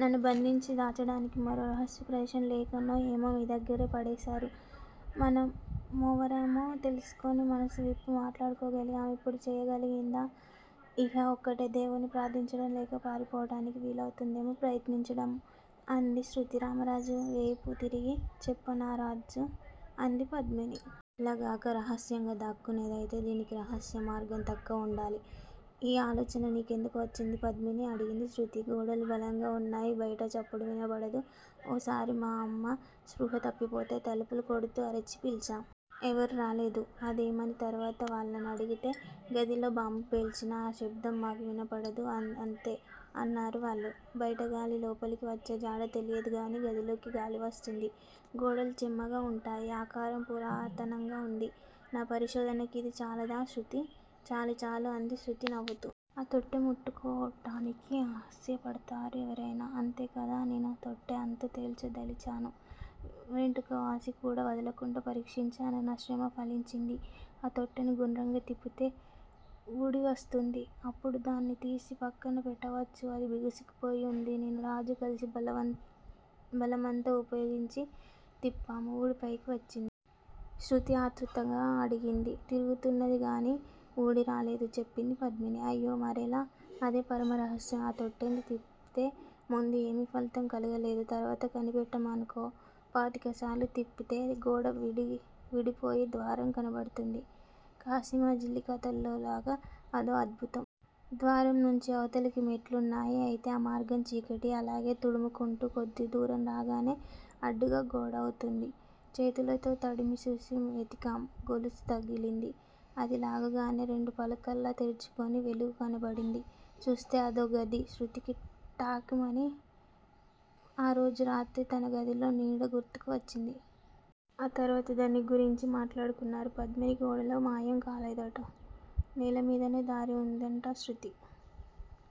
నన్ను బంధించి దాచడానికి మరో రహస్య ప్రదేశం లేకనో ఏమో మీదగ్గరే పడేశారు. మన మెవరమో తెలుసుకుని మనసువిప్పి మాట్లాడుకోగలిగాం. ఇప్పుడు చేయగలిగిందా ఇహ ఒకటే. దేవుణ్ణి ప్రార్దించటం, లేక పారిపోవటానికి వీలవుతుందేమో ప్రయత్నించటం అంది శృతి. రామరాజు వేపు తిరిగి చెప్పనారాజూ? అంది పద్మిని. అలాగాక రహస్యంగా దాక్కునేది అయితే దీనికి రహస్య మార్గం తక్క వుండాలి ఈ ఆలోచన నీ కెందుకు వచ్చింది పద్మినీ! అడిగింది శృతి. గోడలు బలంగా వున్నాయి. బైట చప్పుడు వినపడదు ఓ సారి మా అమ్మ స్పృహ తప్పిపోతే తలుపులు కొడుతూ అరచి పిలిచాము. ఎవరూ రాలేదు. అదేమని తర్వాత వాళ్ళనడిగితే గదిలో బాంబు పేల్చినా ఆ శబ్దం మాకు వినపడదు అదంతే అన్నారు వాళ్ళు. బైటగాలి లోపలికి వచ్చేజాడ తెలియదుగాని గదిలోకి గాలివస్తుంది. గోడలు చెమ్మగా వుంటాయి. ఆకారం పురాతనంగా వుంది. నా పరిశోధనకి ఇది చాలాదా శృతీ. చాలు చాలు అంది శృతి నవ్వుతూ! ఆ తొట్టె ముట్టుకోటానికి అసహ్యపడతారు ఎవరయినా, అంతేకదా నేనా తొట్టె అంతు తెల్చదలిచాను. వెంట్రుకవాసికూడా వదలకుండా పరీక్షించాను. నా శ్రమ ఫలించింది. ఆ తొట్టెని గుండ్రంగా తిప్పితే వూడివస్తుంది. అప్పుడు దాన్ని తీసి పక్కన పెట్టవచ్చు అది బిగుసుపోయి వుంది. నేను రాజు కలసి బలమం బలమంతా వుపయోగించి తిప్పాము ఊడి పైకి వచ్చిందా! శృతి ఆతృతగా అడిగింది. తిరుగుతున్నది గాని వూడిరాలేదు చెప్పింది పద్మిని. అయ్యో, మరెలా? అదే పరమ రహస్యం. ఆ తొట్టెని తిప్పితే ముందు ఏమీ ఫలితం కలగలేదు. తర్వాత కనిపెట్టామనుకో, పాతిక సార్లు తిప్పితే గోడ విడిగి విడిపోయి ద్వారం కనబడుతుంది. కాశీమజిలీ కథల్లోలాగా అదో అద్భుతం. ద్వారం నుంచి అవతలికి మెట్లున్నాయి. అయితే ఆ మార్గం చీకటి. అలాగే తడుముకుంటూ కొద్దిదూరం రాగానే అడ్డుగా గోడవుంది. చేతులతో తడిమిచూసి వెతికాము. గొలుసు తగిలింది. అది లాగగానే రెండు పలకల్లా తెరుచుకుని వెలుగు కనపడింది. చూస్తె అదో గది శృతికి టాక్ మని ఆ రోజు రాత్రి తన గదిలో నీడ గుర్తుకు వచ్చింది. ఆ తర్వాత దాన్ని గురించే మాట్లాడుకున్నారు. పద్మిని గోడలో మాయం కాలేదుట. నేలమీదనే దారి వుందట. శృతి